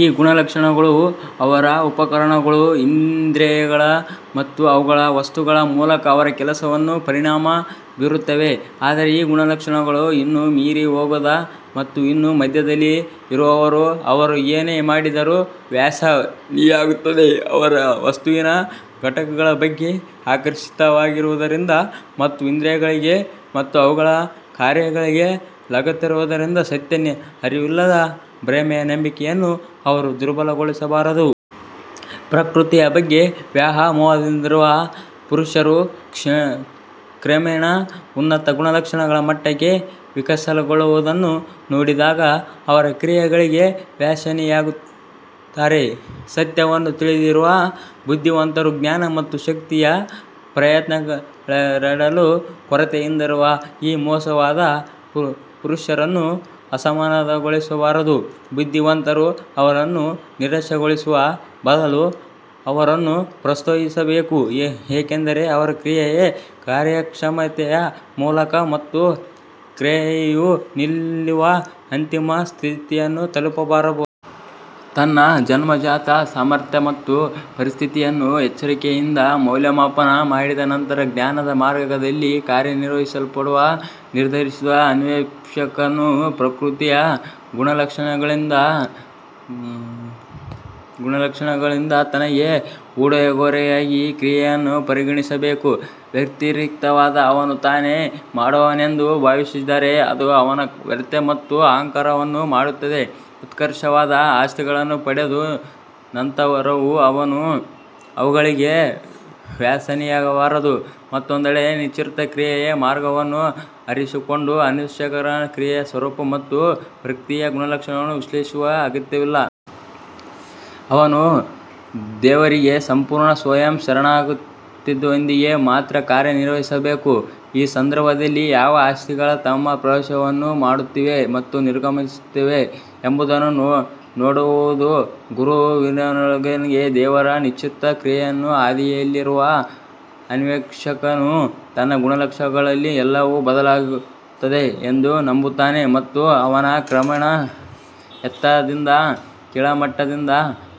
ಈ ಗುಣಲಕ್ಷಣಗಳು ಅವರ ಉಪಕರಣಗಳು ಇಂದ್ರಿಯಗಳು ಮತ್ತು ಅವುಗಳ ವಸ್ತುಗಳ ಮೂಲಕ ಅವರ ಕೆಲಸವನ್ನು ಪರಿಣಾಮ ಬೀರುತ್ತವೆ ಆದರೆ ಈ ಗುಣಲಕ್ಷಣಗಳನ್ನು ಇನ್ನೂ ಮೀರಿ ಹೋಗದ ಮತ್ತು ಇನ್ನೂ ಮಧ್ಯದಲ್ಲಿ ಇರುವವರು ಅವರು ಏನು ಮಾಡಿದರೂ ವ್ಯಸನಿಯಾಗುತ್ತಾರೆ ಅವರು ವಸ್ತುವಿನ ಘಟಕಗಳ ಬಗ್ಗೆ ಆಕರ್ಷಿತರಾಗಿರುವುದರಿಂದ ಮತ್ತು ಇಂದ್ರಿಯಗಳಿಗೆ ಮತ್ತು ಅವುಗಳ ಕಾರ್ಯಗಳಿಗೆ ಲಗತ್ತಿಸಿರುವುದರಿಂದ ಸತ್ಯದ ಅರಿವಿಲ್ಲದ ಭ್ರಮೆಯ ನಂಬಿಕೆಯನ್ನು ಅವರು ದುರ್ಬಲಗೊಳಿಸಬಾರದು. ಪ್ರಕೃತಿಯ ಬಗ್ಗೆ ವ್ಯಾಮೋಹ ಹೊಂದಿರುವ ಪುರುಷರು ಕ್ರಮೇಣ ಉನ್ನತ ಗುಣಲಕ್ಷಣಗಳ ಮಟ್ಟಕ್ಕೆ ವಿಕಸನಗೊಳ್ಳುವುದನ್ನು ನೋಡಿದಾಗ ಅವರ ಕ್ರಿಯೆಗಳಿಗೆ ವ್ಯಸನಿಯಾಗುತ್ತಾರೆ. ಸತ್ಯವನ್ನು ತಿಳಿದಿರುವ ಬುದ್ಧಿವಂತರು ಜ್ಞಾನ ಮತ್ತು ಶಕ್ತಿಯುತ ಪ್ರಯತ್ನಗಳೆರಡರಲ್ಲೂ ಕೊರತೆಯಿರುವ ಈ ಮೋಸಹೋದ ಪುರುಷರನ್ನು ಅಸಮಾಧಾನಗೊಳಿಸಬಾರದು. ಬುದ್ಧಿವಂತರು ಅವರನ್ನು ನಿರಾಶೆಗೊಳಿಸುವ ಬದಲು ಅವರನ್ನು ಪ್ರೋತ್ಸಾಹಿಸಬೇಕು ಏಕೆಂದರೆ ಅವರು ಕ್ರಿಯೆಯ ಕಾರ್ಯಕ್ಷಮತೆಯ ಮೂಲಕ ಮಾತ್ರ ಕ್ರಿಯೆಯು ನಿಲ್ಲುವ ಅಂತಿಮ ಸ್ಥಿತಿಯನ್ನು ತಲುಪಬಹುದು. ತನ್ನ ಜನ್ಮಜಾತ ಸಾಮರ್ಥ್ಯ ಮತ್ತು ಪರಿಸ್ಥಿತಿಯನ್ನು ಎಚ್ಚರಿಕೆಯಿಂದ ಮೌಲ್ಯಮಾಪನ ಮಾಡಿದ ನಂತರ ಜ್ಞಾನದ ಮಾರ್ಗದಲ್ಲಿ ಕಾರ್ಯನಿರ್ವಹಿಸಲು ನಿರ್ಧರಿಸಿದ ಅನ್ವೇಷಕನು ಪ್ರಕೃತಿಯ ಗುಣಲಕ್ಷಣಗಳಿಂದ ತನಗೆ ಉಡುಗೊರೆಯಾಗಿ ಕ್ರಿಯೆಯನ್ನು ಪರಿಗಣಿಸಬೇಕು. ವ್ಯತಿರಿಕ್ತವಾಗಿ ಅವನು ತಾನೇ ಮಾಡುವವನೆಂದು ಭಾವಿಸಿದರೆ ಅದು ಅವನನ್ನು ವ್ಯರ್ಥ ಮತ್ತು ಅಹಂಕಾರವನ್ನು ಮಾಡುತ್ತದೆ. ಉತ್ಕೃಷ್ಟವಾದ ಆಸ್ತಿಗಳನ್ನು ಪಡೆದ ನಂತರವೂ ಅವನು ಅವುಗಳಿಗೆ ವ್ಯಸನಿಯಾಗಬಾರದು ಮತ್ತೊಂದೆಡೆ ನಿಸ್ವಾರ್ಥ ಕ್ರಿಯೆಯ ಮಾರ್ಗವನ್ನು ಆರಿಸಿಕೊಂಡ ಅನ್ವೇಷಕನು ಕ್ರಿಯೆಯ ಸ್ವರೂಪ ಮತ್ತು ಪ್ರಕೃತಿಯ ಗುಣಲಕ್ಷಣಗಳನ್ನು ವಿಶ್ಲೇಷಿಸುವ ಅಗತ್ಯವಿಲ್ಲ. ಅವನು ದೇವರಿಗೆ ಸಂಪೂರ್ಣ ಸ್ವಯಂ ಶರಣಾಗತಿಯೊಂದಿಗೆ ಮಾತ್ರ ಕಾರ್ಯನಿರ್ವಹಿಸಬೇಕು ಈ ಸಂದರ್ಭದಲ್ಲಿ ಯಾವ ಆಸ್ತಿಗಳು ತಮ್ಮ ಪ್ರವೇಶವನ್ನು ಮಾಡುತ್ತಿವೆ ಮತ್ತು ನಿರ್ಗಮಿಸುತ್ತಿವೆ ಎಂಬುದನ್ನು ನೋಡುವುದು ಗುರುವಿನೊಳಗಿನ ದೇವರು ನಿಸ್ವಾರ್ಥ ಕ್ರಿಯೆಯ ಹಾದಿಯಲ್ಲಿರುವ ಅನ್ವೇಷಕನು ತನ್ನ ಗುಣಲಕ್ಷಣಗಳಲ್ಲಿ ಎಲ್ಲವೂ ಬದಲಾಗುತ್ತದೆ ಎಂದು ನಂಬುತ್ತಾನೆ ಮತ್ತು ಅವನ ಕ್ರಮೇಣ ಎತ್ತರದಿಂದ ಕೆಳಮಟ್ಟದಿಂದ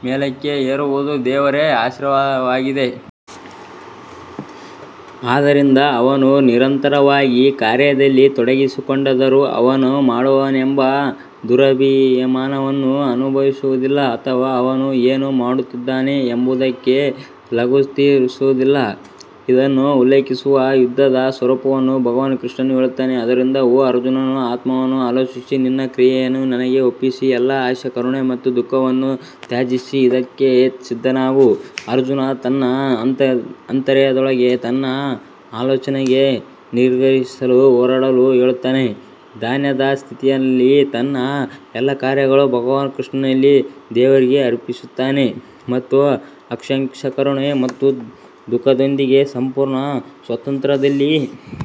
ಮೇಲಕ್ಕೆ ಏರುವುದು ದೇವರ ಆಶೀರ್ವಾದವಾಗಿದೆ. ಆದ್ದರಿಂದ ಅವನು ನಿರಂತರವಾಗಿ ಕಾರ್ಯದಲ್ಲಿ ತೊಡಗಿಸಿಕೊಂಡಿದ್ದರೂ ಅವನು ಮಾಡುವವನೆಂಬ ದುರಭಿಮಾನವನ್ನು ಅನುಭವಿಸುವುದಿಲ್ಲ ಅಥವಾ ಅವನು ಏನು ಮಾಡುತ್ತಿದ್ದಾನೆ ಎಂಬುದಕ್ಕೆ ಲಗತ್ತಿಸುವುದಿಲ್ಲ. ಇದನ್ನು ಉಲ್ಲೇಖಿಸುತ್ತಾ ಯುದ್ಧದ ಸ್ವರೂಪವನ್ನು ಭಗವಾನ್ ಕೃಷ್ಣನು ಹೇಳುತ್ತಾನೆ ಆದುದರಿಂದ ಓ ಅರ್ಜುನನು ಆತ್ಮವನ್ನು ಆಲೋಚಿಸು ನಿನ್ನ ಎಲ್ಲಾ ಕ್ರಿಯೆಯನ್ನು ನನಗೆ ಒಪ್ಪಿಸಿ ಎಲ್ಲಾ ಆಸೆ ಕರುಣೆ ಮತ್ತು ದುಃಖವನ್ನು ತ್ಯಜಿಸಿ ಯುದ್ಧಕ್ಕೆ ಸಿದ್ಧನಾಗು ಅರ್ಜುನನು ತನ್ನ ಆಂತರ್ಯದೊಳಗೆ ತನ್ನ ಆಲೋಚನೆಗಳನ್ನು ನಿಗ್ರಹಿಸಲು ಹೋರಾಡಲು ಹೇಳುತ್ತಾನೆ ಧ್ಯಾನಸ್ಥ ಸ್ಥಿತಿಯಲ್ಲಿ ತನ್ನ ಎಲ್ಲಾ ಕಾರ್ಯಗಳನ್ನು ಭಗವಾನ್ ಕೃಷ್ಣನಲ್ಲಿ ದೇವರಿಗೆ ಅರ್ಪಿಸುತ್ತಾನೆ ಮತ್ತು ಆಕಾಂಕ್ಷೆ ಕರುಣೆ ಮತ್ತು ದುಃಖದಿಂದ ಸಂಪೂರ್ಣ ಸ್ವಾತಂತ್ರ್ಯದಲ್ಲಿ.